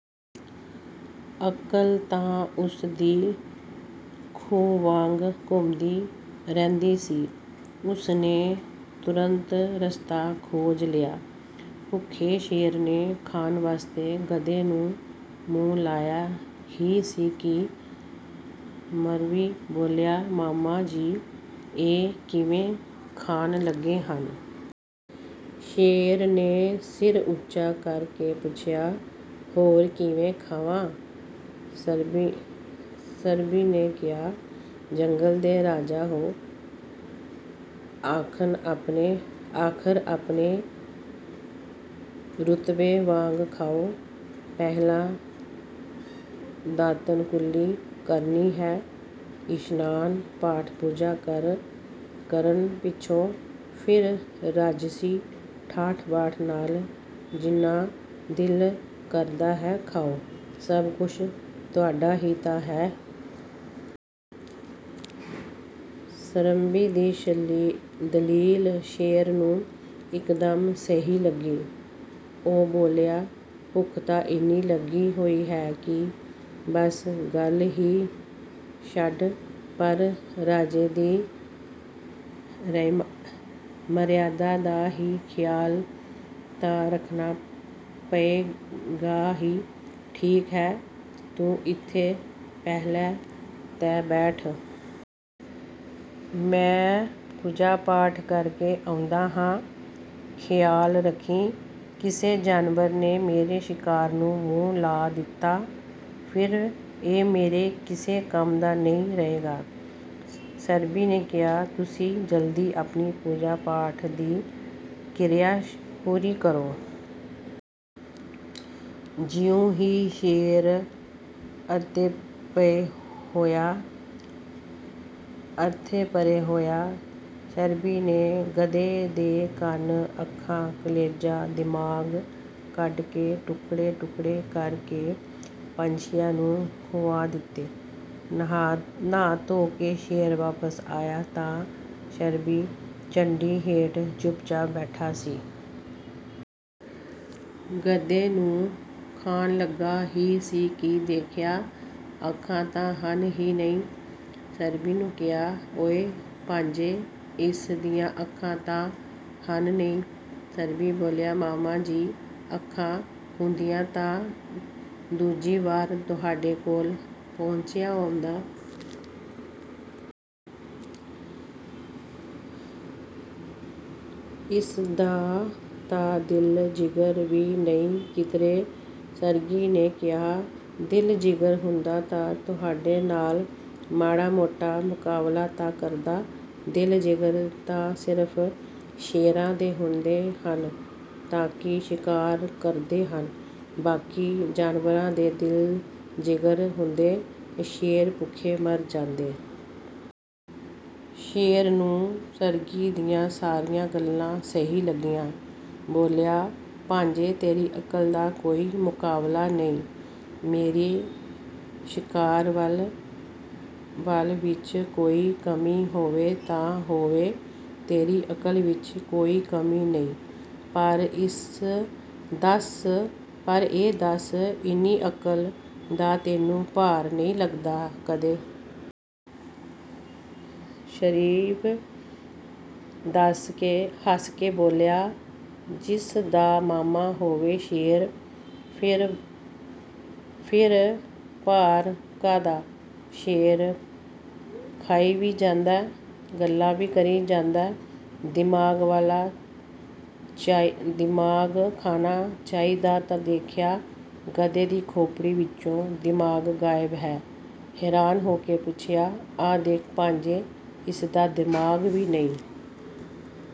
ਅਕਲ ਤਾਂ ਉਸ ਦੀ ਖੂਹ ਵਾਂਗ ਘੁੰਮਦੀ ਰਹਿੰਦੀ ਸੀ। ਉਸ ਨੇ ਤੁਰੰਤ ਰਸਤਾ ਖੋਜ ਲਿਆ। ਭੁੱਖੇ ਸ਼ੇਰ ਨੇ ਖਾਣ ਵਾਸਤੇ ਗਧੇ ਨੂੰ ਮੂੰਹ ਲਾਇਆ ਹੀ ਸੀ ਕਿ ਮਰੱਬੀ ਬੋਲਿਆ, "ਮਾਮਾ ਜੀ, ਇਹ ਕਿਵੇਂ ਖਾਣ ਲੱਗੇ ਹੋ?" ਸ਼ੇਰ ਨੇ ਸਿਰ ਉੱਚਾ ਕਰ ਕੇ ਪੁੱਛਿਆ, "ਹੋਰ ਕਿਵੇਂ ਖਾਵਾਂ?" ਮਰੱਬੀ ਨੇ ਕਿਹਾ, "ਜੰਗਲ ਦੇ ਰਾਜਾ ਹੋ ਆਖਰ, ਆਪਣੇ ਰੁਤਬੇ ਵਾਂਗ ਖਾਓ। ਪਹਿਲਾਂ ਦਾਤਣ-ਕੁਰਲੀ ਕਰੀਦੀ ਹੈ, ਇਸ਼ਨਾਨ, ਪਾਠ-ਪੂਜਾ ਕਰਨ ਪਿੱਛੋਂ ਫਿਰ ਰਾਜਸੀ ਠਾਠ-ਬਾਠ ਨਾਲ ਜਿੰਨਾ ਦਿਲ ਕਰਦਾ ਹੈ ਖਾਓ, ਸਭ ਕੁਝ ਤੁਹਾਡਾ ਹੀ ਤਾਂ ਹੈ।" ਸਂਰੱਬੀ ਦੀ ਦਲੀਲ ਸ਼ੇਰ ਨੂੰ ਇੱਕਦਮ ਸਹੀ ਲੱਗੀ। ਉਹ ਬੋਲਿਆ, "ਭੁੱਖ ਤਾਂ ਇੰਨੀ ਲੱਗੀ ਹੋਈ ਹੈ ਕਿ ਬੱਸ ਗੱਲ ਹੀ ਛੱਡ, ਪਰ ਰਾਜੇ ਦੀ ਮਰਿਆਦਾ ਦਾ ਵੀ ਖਿਆਲ ਤਾਂ ਰੱਖਣਾ ਪਏਗਾ ਹੀ। ਠੀਕ ਹੈ, ਤੂੰ ਇੱਥੇ ਪਹਿਰੇ 'ਤੇ ਬੈਠ। ਮੈਂ ਪੂਜਾ-ਪਾਠ ਕਰ ਕੇ ਆਉਂਦਾ ਹਾਂ। ਖਿਆਲ ਰੱਖੀਂ, ਕਿਸੇ ਜਾਨਵਰ ਨੇ ਮੇਰੇ ਸ਼ਿਕਾਰ ਨੂੰ ਮੂੰਹ ਲਾ ਦਿੱਤਾ, ਫਿਰ ਇਹ ਮੇਰੇ ਕਿਸੇ ਕੰਮ ਦਾ ਨਹੀਂ ਰਹਿਣਾ।" ਮਰੱਬੀ ਨੇ ਕਿਹਾ, "ਤੁਸੀਂ ਜਲਦੀ ਆਪਣੀ ਪੂਜਾ-ਪਾਠ ਦੀ ਕਿਰਿਆ ਪੂਰੀ ਕਰੋ।" ਜਿਉਂ ਹੀ ਸ਼ੇਰ ਅੱਖੋਂ ਪਰ੍ਹੇ ਹੋਇਆ, ਸੰਰੱਬੀ ਨੇ ਗਧੇ ਦੇ ਕੰਨ, ਅੱਖਾਂ, ਕਲੇਜਾ, ਦਿਮਾਗ ਕੱਢ ਕੇ ਟੁਕੜੇ-ਟੁਕੜੇ ਕਰ ਕੇ ਪੰਛੀਆਂ ਨੂੰ ਖੁਆ ਦਿੱਤੇ। ਨਹਾ-ਧੋ ਕੇ ਸ਼ੇਰ ਵਾਪਸ ਆਇਆ ਤਾਂ ਮਰੱਬੀ ਜੰਡੀ ਹੇਠ ਚੁੱਪ-ਚਾਪ ਬੈਠਾ ਸੀ। ਗਧੇ ਨੂੰ ਖਾਣ ਲੱਗਾ ਹੀ ਸੀ ਕਿ ਦੇਖਿਆ, ਅੱਖਾਂ ਤਾਂ ਹਨ ਹੀ ਨਹੀਂ। ਮਰੱਬੀ ਨੂੰ ਕਿਹਾ, "ਓਏ ਭਾਣਜੇ, ਇਸ ਦੀਆਂ ਅੱਖਾਂ ਤਾਂ ਹਨ ਨਹੀਂ?" ਮਰੱਬੀ ਬੋਲਿਆ, "ਮਾਮਾ ਜੀ, ਅੱਖਾਂ ਹੁੰਦੀਆਂ ਤਾਂ ਦੂਜੀ ਵਾਰ ਤੁਹਾਡੇ ਕੋਲ ਤੁਰਿਆ ਆਉਂਦਾ?" ਮਰੱਬੀ ਨੇ ਕਿਹਾ, "ਦਿਲ-ਜਿਗਰ ਹੁੰਦਾ ਤਾਂ ਤੁਹਾਡੇ ਨਾਲ ਮਾੜਾ-ਮੋਟਾ ਮੁਕਾਬਲਾ ਨਾ ਕਰਦਾ? ਦਿਲ-ਜਿਗਰ ਤਾਂ ਸਿਰਫ਼ ਸ਼ੇਰਾਂ ਦੇ ਹੁੰਦੇ ਹਨ, ਤਾਂ ਹੀ ਸ਼ਿਕਾਰ ਕਰਦੇ ਹਨ। ਬਾਕੀ ਜਾਨਵਰਾਂ ਦੇ ਦਿਲ-ਜਿਗਰ ਹੁੰਦੇ, ਸ਼ੇਰ ਭੁੱਖੇ ਮਰ ਜਾਂਦੇ!" ਸ਼ੇਰ ਨੂੰ ਸਰੱਬੀ ਦੀਆਂ ਸਾਰੀਆਂ ਗੱਲਾਂ ਸਹੀ ਲੱਗੀਆਂ, ਬੋਲਿਆ, "ਭਾਣਜੇ, ਤੇਰੀ ਅਕਲ ਦਾ ਕੋਈ ਮੁਕਾਬਲਾ ਨਹੀਂ। ਮੇਰੇ ਸਰੀਰਕ ਬਲ ਵਿੱਚ ਕੋਈ ਕਮੀ ਹੋਵੇ ਤਾਂ ਹੋਵੇ, ਤੇਰੀ ਅਕਲ ਵਿੱਚ ਕੋਈ ਕਮੀ ਨਹੀਂ। ਪਰ ਇਹ ਦੱਸ, ਇੰਨੀ ਅਕਲ ਦਾ ਤੈਨੂੰ ਭਾਰ ਨਹੀਂ ਲੱਗਦਾ ਕਦੇ?" ਸ਼ਰੀਬ ਹੱਸ ਕੇ ਬੋਲਿਆ, "ਜਿਸ ਦਾ ਮਾਮਾ ਹੋਵੇ ਸ਼ੇਰ, ਫਿਰ ਭਾਰ ਕਾਹਦਾ?" ਸ਼ੇਰ, ਖਾਈ ਵੀ ਜਾਂਦਾ, ਗੱਲਾਂ ਵੀ ਕਰੀ ਜਾਂਦਾ। ਦਿਮਾਗ ਖਾਣਾ ਚਾਹਿਆ ਤਾਂ ਦੇਖਿਆ, ਗਧੇ ਦੀ ਖੋਪੜੀ ਵਿੱਚੋਂ ਦਿਮਾਗ ਗਾਇਬ ਹੈ। ਹੈਰਾਨ ਹੋ ਕੇ ਪੁੱਛਿਆ, "ਆਹ ਦੇਖ ਭਾਣਜੇ, ਇਸ ਦਾ ਦਿਮਾਗ ਵੀ ਨਹੀਂ।